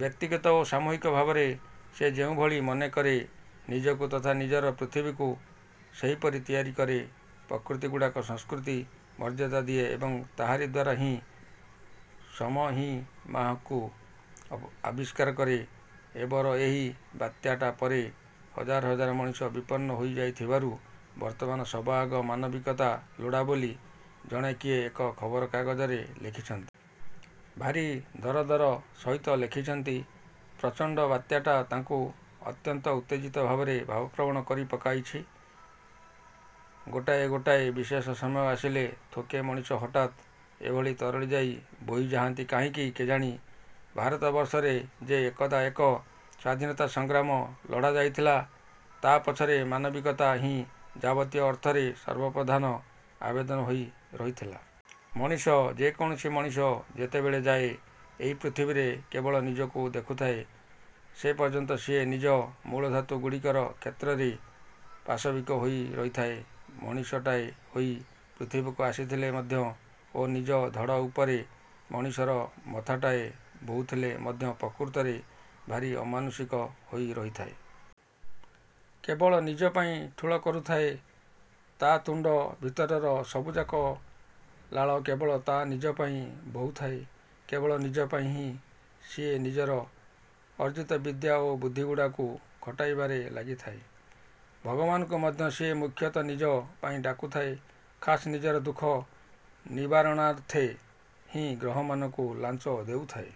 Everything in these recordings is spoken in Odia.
ବ୍ୟକ୍ତିଗତ ଓ ସାମୂହିକ ଭାବରେ ସେ ଯେଉଁଭଳି ମନ କରେ, ନିଜକୁ ତଥା ନିଜର ପୃଥିବୀକୁ ସେହିପରି ତିଆରି କରେ। ପ୍ରକୃତିଗୁଡ଼ାକୁ ସଂସ୍କୃତି ମର୍ଯ୍ୟାଦା ଦିଏ ଏବଂ ତାହାରି ଦ୍ୱାରା ହିଁ ସ୍ଵମହିମାକୁ ଆବିଷ୍କାର କରେ। ଏବର ଏହି ବାତ୍ୟାଟା ପରେ ହଜାର ହଜାର ମଣିଷ ବିପନ୍ନ ହୋଇଯାଇ ଥିବାରୁ ବର୍ତ୍ତମାନ ସବା ଆଗ ମାନବିକତା ଲୋଡ଼ା ବୋଲି ଜଣେ କିଏ ଏକ ଖବରକାଗଜରେ ଲେଖିଛନ୍ତି। ଭାରି ଦରଦର ସହିତ ଲେଖିଛନ୍ତି। ପ୍ରଚଣ୍ଡ ବାତ୍ୟାଟା ତାଙ୍କୁ ଅତ୍ୟନ୍ତ ଉତ୍ତେଜିତ ଭାବରେ ଭାବପ୍ରବଣ କରି ପକାଇଛି। ଗୋଟାଏ ଗୋଟାଏ ବିଶେଷ ସମୟ ଆସିଲେ ଥୋକେ ମଣିଷ ହଠାତ୍ ଏଭଳି ତରଳିଯାଇ ବୋହି ଯାଆନ୍ତି କାହିଁକି କେଜାଣି? ଭାରତବର୍ଷରେ ଯେ ଏକଦା ଏକ ସ୍ୱାଧୀନତା ସଂଗ୍ରାମ ଲଢ଼ାଯାଇଥିଲା, ତା'ପଛରେ ମାନବିକତା ହିଁ ଯାବତୀୟ ଅର୍ଥରେ ସର୍ବପ୍ରଧାନ ଆବେଦନ ହୋଇ ରହିଥିଲା। ମଣିଷ, ଯେକୌଣସି ମଣିଷ ଯେତେବେଳ ଯାଏ ଏହି ପୃଥିବୀରେ କେବଳ ନିଜକୁ ଦେଖୁଥାଏ, ସେ ପର୍ଯ୍ୟନ୍ତ ସିଏ ନିଜ ମୂଳଧାତୁ ଗୁଡ଼ିକର କ୍ଷେତ୍ରରେ ପାଶବିକ ହୋଇରହିଥାଏ। ମଣିଷଟାଏ ହୋଇ ପୃଥିବୀକୁ ଆସିଥିଲେ ମଧ୍ୟ ଓ ନିଜ ଧଡ଼ ଉପରେ ମଣିଷର ମଥାଟାଏ ବୋହୁଥିଲେ ମଧ୍ୟ ପ୍ରକୃତରେ ଭାରି ଅମାନୁଷିକ ହୋଇ ରହିଥାଏ। କେବଳ ନିଜ ପାଇଁ ଠୁଳ କରୁଥାଏ, ତା' ତୁଣ୍ଡ ଭିତରର ସବୁଯାକ ଲାଳ କେବଳ ତା' ନିଜ ପାଇଁ ବୋହୁଥାଏ। କେବଳ ନିଜପାଇଁ ହିଁ ସିଏ ନିଜର ଅର୍ଜିତ ବିଦ୍ୟା ଏବଂ ବୁଦ୍ଧିଗୁଡ଼ାକୁ ଖଟାଇବାରେ ଲାଗିଥାଏ। ଭଗବାନଙ୍କୁ ମଧ୍ୟ ସିଏ ମୁଖ୍ୟତଃ ନିଜ ପାଇଁ ଡାକୁଥାଏ, ଖାସ୍ ନିଜର ଦୁଃଖ ନିବାରଣାର୍ଥେ ହିଁ ଗ୍ରହମାନଙ୍କୁ ଲାଞ୍ଚ ଦେଉଥାଏ।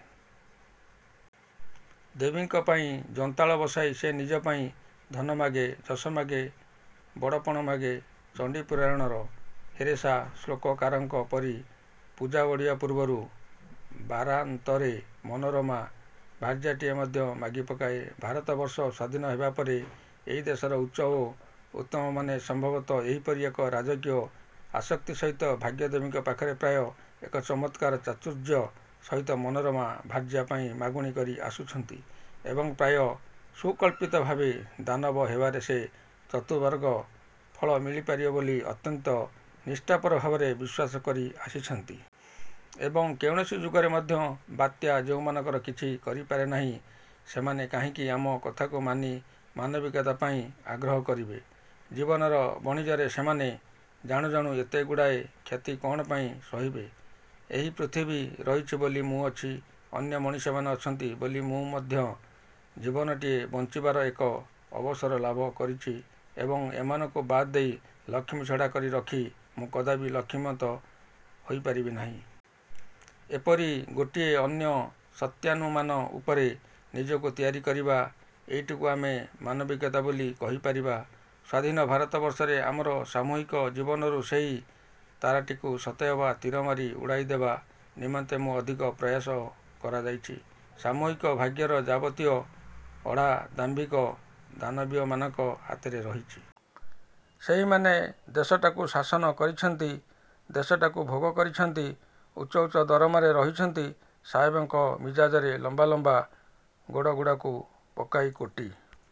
ଦେବୀଙ୍କ ପାଇଁ ଯନ୍ତାଳ ବସାଇ ସେ ନିଜ ପାଇଁ ଧନ ମାଗେ, ଯଶ ମାଗେ, ବଡ଼ପଣ ମାଗେ, ଚଣ୍ଡୀପୁରାଣର ହେରେଷା ଶ୍ଳୋକକାରଙ୍କ ପରି ପୂଜା ବଢ଼ିବା ପୂର୍ବରୁ ବାରାନ୍ତରେ ମନୋରମା ଭାର୍ଯ୍ୟାଟିଏ ମଧ୍ୟ ମାଗିପକାଏ। ଭାରତବର୍ଷ ସ୍ଵାଧୀନ ହେବା ପରେ ଏହି ଦେଶର ଉଚ୍ଚ ଓ ଉତ୍ତମମାନେ ସମ୍ଭବତଃ ଏହିପରି ଏକ ରାଜକୀୟ ଆସକ୍ତି ସହିତ ଭାଗ୍ୟଦେବୀଙ୍କ ପାଖରେ ପ୍ରାୟ ଏକ ଚମତ୍କାର ଚାତୁର୍ଯ୍ୟ ସହିତ ମନୋରମା ଭାର୍ଯ୍ୟା ପାଇଁ ମାଗୁଣି କରି ଆସୁଛନ୍ତି ଏବଂ ପ୍ରାୟ ସୁକଳ୍ପିତ ଭାବେ ଦାନବ ହେବାରେ ହିଁ ଚତୁର୍ବର୍ଗ ଫଳ ମିଳିପାରିବ ବୋଲି ଅତ୍ୟନ୍ତ ନିଷ୍ଠାପର ଭାବରେ ବିଶ୍ୱାସ କରି ଆସିଛନ୍ତି। ଏବଂ, କୌଣସି ଯୁଗରେ ମଧ୍ୟ ବାତ୍ୟା ଯେଉଁମାନଙ୍କର କିଛି କରିପାରେ ନାହିଁ, ସେମାନେ କାହିଁକି ଆମ କଥାକୁ ମାନି ମାନବିକତା ପାଇଁ ଆଗ୍ରହ କରିବେ? ଜୀବନର ବଣିଜରେ ସେମାନେ ଜାଣୁଜାଣୁ ଏତେଗୁଡ଼ାଏ କ୍ଷତି କ'ଣ ପାଇଁ ସହିବେ? ଏହି ପୃଥିବୀ ରହିଛି ବୋଲି ମୁଁ ଅଛି, ଅନ୍ୟ ମଣିଷମାନେ ଅଛନ୍ତି ବୋଲି ମୁଁ ମଧ୍ୟ ଜୀବନଟିଏ ବଂଚିବାର ଏକ ଅବସର ଲାଭ କରିଛି ଏବଂ ଏମାନଙ୍କୁ ବାଦ୍ ଦେଇ, ଲକ୍ଷ୍ମୀଛଡ଼ା କରି ରଖି ମୁଁ କଦାପି ଲକ୍ଷ୍ମୀମନ୍ତ ହୋଇପାରିବି ନାହିଁ। ଏପରି ଗୋଟିଏ ଅନ୍ୟ ସତ୍ୟାନୁମାନ ଉପରେ ନିଜକୁ ତିଆରି କରିବା, ଏଇଟିକୁ ଆମେ ମାନବିକତା ବୋଲି କହିପାରିବା। ସ୍ୱାଧୀନ ଭାରତବର୍ଷରେ ଆମର ସାମୂହିକ ଜୀବନରୁ ସେହି ତାରାଟିକୁ ସତେଅବା ତୀରମାରି ଉଡ଼ାଇ ଦେବା ନିମନ୍ତେ ହିଁ ଅଧିକ ପ୍ରୟାସ କରାଯାଇଛି। ସାମୂହିକ ଭାଗ୍ୟର ଯାବତୀୟ ଅଢ଼ା ଦାମ୍ଭିକ ଦାନବୀୟମାନଙ୍କ ହାତରେ ରହିଛି। ସେହିମାନେ ଦେଶଟାକୁ ଶାସନ କରିଛନ୍ତି, ଦେଶଟାକୁ ଭୋଗ କରିଛନ୍ତି। ଉଚ୍ଚ ଉଚ୍ଚ ଦରମାରେ ରହିଛନ୍ତି, ସାହେବଙ୍କ ମିଜାଜରେ ଲମ୍ବା ଲମ୍ବା ଗୋଡ଼ଗୁଡ଼ାକୁ ପକାଇ କୋଟି